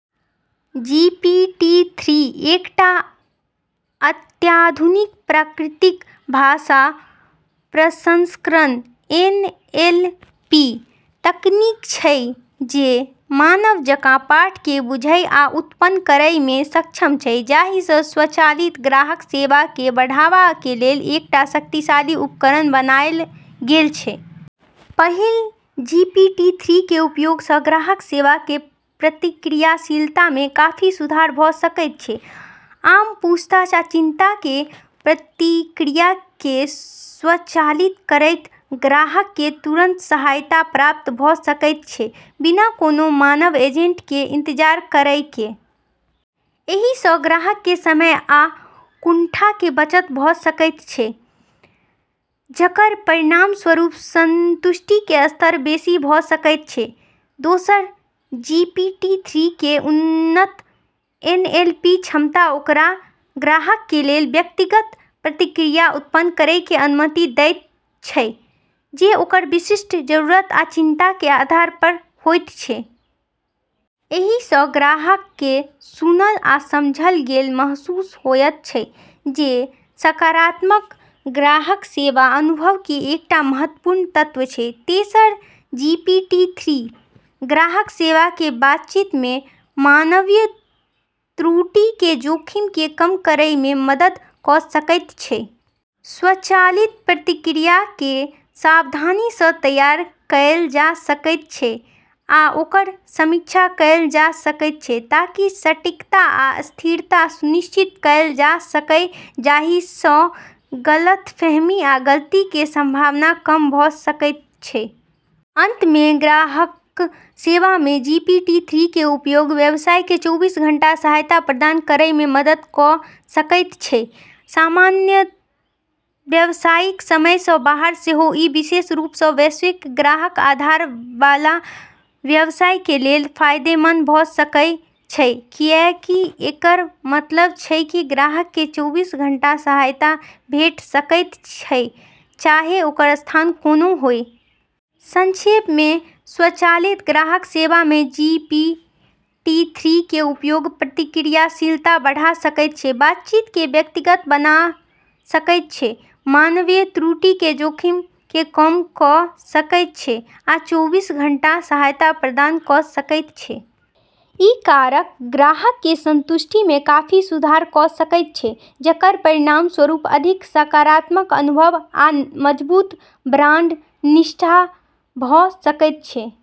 जी P T three एकटा अत्याधुनिक प्राकृतिक भाषा प्रसंस्करण (एन एल पी) तकनीक छै जे मानव जकाँ पाठ केँ बुझय आ उत्पन्न करय में सक्षम छै, जाहिसँ स्वचालित ग्राहक सेवा के बढ़ावा के लेल एकटा शक्तिशाली उपकरण बनायल गेल छै। पहिल, जी पी टी-थ्री के उपयोग सँ ग्राहक सेवा के प्रतिक्रियाशीलता में काफी सुधार भऽ सकैत छै। आम पूछताछ आ चिंता के प्रतिक्रिया केँ स्वचालित करैत ग्राहक केँ तुरंत सहायता प्राप्त भऽ सकैत छै, बिना कोनों मानव एजेंट के इंतजार करय के। एहि सँ ग्राहक के समय आ कुंठा के बचत भऽ सकैत छै, जकर परिणामस्वरूप संतुष्टि के स्तर बेसि भऽ सकैत छै। दोसर, जी पी टी-थ्री के उन्नत एन एल पी क्षमता ओकरा ग्राहक के लेल व्यक्तिगत प्रतिक्रिया उत्पन्न करय के अनुमति दैत छै, जे ओकर विशिष्ट जरूरत आ चिंता के आधार पर होइत छै। एहि सँ ग्राहक के सुनल आ समझल गेल महसूस होयत छै, जे सकारात्मक ग्राहक सेवा अनुभव के एकटा महत्वपूर्ण तत्व छै। तेसर, जी पी टी-थ्री ग्राहक सेवा के बातचीत में मानवीय त्रुटि के जोखिम केँ कम करय में मदद क' सकैत छै। स्वचालित प्रतिक्रिया के सावधानी सँ तैयार कएल जा सकैत छै आ ओकर समीक्षा कएल जा सकैत छै ताकि सटीकता आ स्थिरता सुनिश्चित कएल जा सकय, जाहिसँ गलतफहमी आ गलती के संभावना कम भऽ सकैत छै। अंत में, ग्राहक सेवा में जी पी टी-थ्री के उपयोग व्यवसाय के चौबीस घन्टा सहायता प्रदान करय में मदद क' सकैत छै, सामान्य व्यावसायिक समय सँ बाहर सेहो। ई विशेष रूप सँ वैश्विक ग्राहक आधार वाला व्यवसाय के लेल फायदेमंद भऽ सकय छै, कियाकि एकर मतलब छै कि ग्राहक के चौबीस घन्टा सहायता भेट सकैत छै, चाहे ओकर स्थान कोनो होय। संक्षेप में, स्वचालित ग्राहक सेवा में जी पी टी-थ्री के उपयोग प्रतिक्रियाशीलता बढ़ा सकैत छै, बातचीत के व्यक्तिगत बना सकैत छै, मानवीय त्रुटि के जोखिम केँ कम क' सकैत छै आ चौबीस घन्टा सहायता प्रदान क' सकैत छै। ई कारक ग्राहक के संतुष्टि में काफी सुधार क' सकैत छै, जकर परिणामस्वरूप अधिक सकारात्मक अनुभव आ मजबूत ब्रांड निष्ठा भऽ सकैत छै।